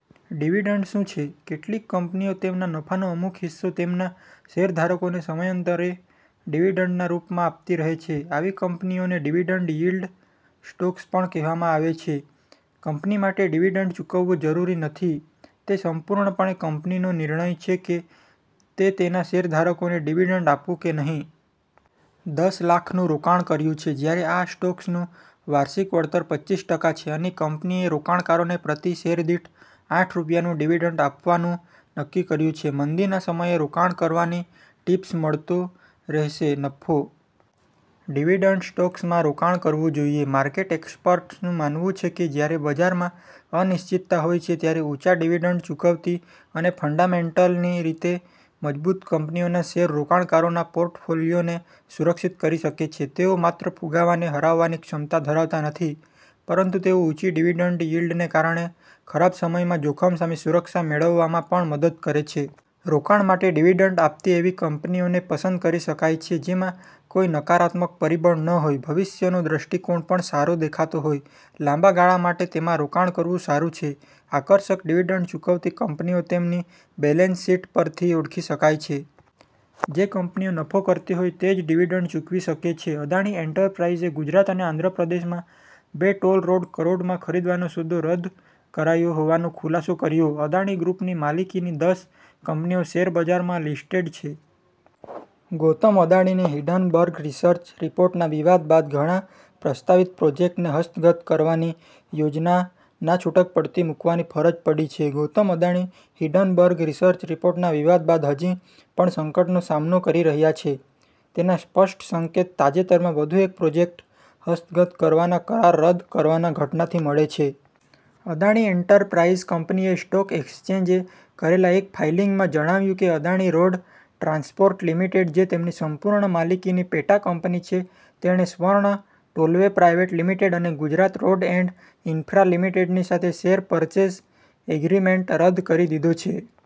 Dividend શું છે? કેટલીક કંપનીઓ તેમના નફાનો અમુક હિસ્સો તેમના શેરધારકોને સમયાંતરે ડિવિડન્ડના રૂપમાં આપતી રહે છે. આવી કંપનીઓને ડિવિડન્ડ યીલ્ડ સ્ટોક્સ પણ કહેવામાં આવે છે. કંપની માટે ડિવિડન્ડ ચૂકવવું જરૂરી નથી. તે સંપૂર્ણપણે કંપનીનો નિર્ણય છે કે તે તેના શેરધારકોને ડિવિડન્ડ આપવું કે નહીં. દસ લાખ નું રોકાણ કર્યું છે. જ્યારે આ સ્ટોક્સનું વાર્ષિક વળતર પચીસ ટકા છે અને કંપનીએ રોકાણકારોને પ્રતિ શેર દીઠ આઠ રૂપિયાનું ડિવિડન્ડ આપવાનું નક્કી કર્યું છે. મંદીના સમયે રોકાણ કરવાની ટીપ્સ, મળતો રહેશે નફો. ડિવિડન્ડ સ્ટોક્સમાં રોકાણ કરવું જોઇએ. માર્કેટ એક્સપર્ટ્સનું માનવું છે કે, જ્યારે બજારમાં અનિશ્ચિતતા હોય છે, ત્યારે ઊંચા ડિવિડન્ડ ચૂકવતી અને ફંડામેન્ટલની રીતે મજબૂત કંપનીઓના શેર રોકાણકારોના પોર્ટફોલિયોને સુરક્ષિત કરી શકે છે. તેઓ માત્ર ફુગાવાને હરાવવાની ક્ષમતા ધરાવતા નથી, પરંતુ તેઓ ઊંચી ડિવિડન્ડ યીલ્ડને કારણે ખરાબ સમયમાં જોખમ સામે સુરક્ષા મેળવવામાં પણ મદદ કરે છે. રોકાણ માટે ડિવિડન્ડ આપતી એવી કંપનીઓને પસંદ કરી શકાય છે, જેમાં કોઈ નકારાત્મક પરિબળ ન હોય, ભવિષ્યનો દ્રષ્ટિકોણ પણ સારો દેખાતો હોય. લાંબા ગાળા માટે તેમાં રોકાણ કરવું સારું છે. આકર્ષક ડિવિડન્ડ ચૂકવતી કંપનીઓ તેમની બેલેન્સ શીટ પરથી ઓળખી શકાય છે. જે કંપનીઓ નફો કરતી હોય તે જ ડિડિવન્ડ ચૂકવી શકે છે. અદાણી એન્ટરપ્રાઇસે ગુજરાત અને આંધ્રપ્રદેશમાં બે ટોલ રોડ કરોડમાં ખરીદવાનો સોદો રદ કરાયો હોવાનો ખુલાસો કર્યો. અદાણી ગ્રૂપની માલિકીની દસ કંપનીઓ શેરબજારમાં લિસ્ટેડ છે. ગૌતમ અદાણીને હિડનબર્ગ રિસર્ચ રિપોર્ટના વિવાદ બાદ ઘણા પ્રસ્તાવિત પ્રોજેક્ટને હસ્તગત કરવાની યોજના નાછુટક પડતી મૂકવાની ફરજ પડી છે. ગૌતમ અદાણી હિંડનબર્ગ રિસર્ચ રિપોર્ટના વિવાદ બાદ હજી પણ સંકટનો સામનો કરી રહ્યા છે, તેના સ્પષ્ટ સંકેત તાજેતરમાં વધુ એક પ્રોજેક્ટ હસ્તગત કરવાના કરાર રદ કરવાના ઘટનાથી મળે છે. અદાણી એન્ટરપ્રાઇસ કંપનીએ સ્ટોક એક્સચેન્જે કરેલા એક ફાઇલિંગમાં જણાવ્યું કે, અદાણી રોડ ટ્રાન્સપોર્ટ લિમિટેડ જે તેની સંપૂર્ણ માલિકીની પેટા કંપની છે તેણે સ્વર્ણ ટોલવે પ્રાઇવેટ લિમિટેડ અને ગુજરાત રોડ એન્ડ ઇન્ફ્રા લિમિટેડની સાથે શેર પર્ચેઝ એગ્રીમેન્ટ રદ કરી દીધો છે.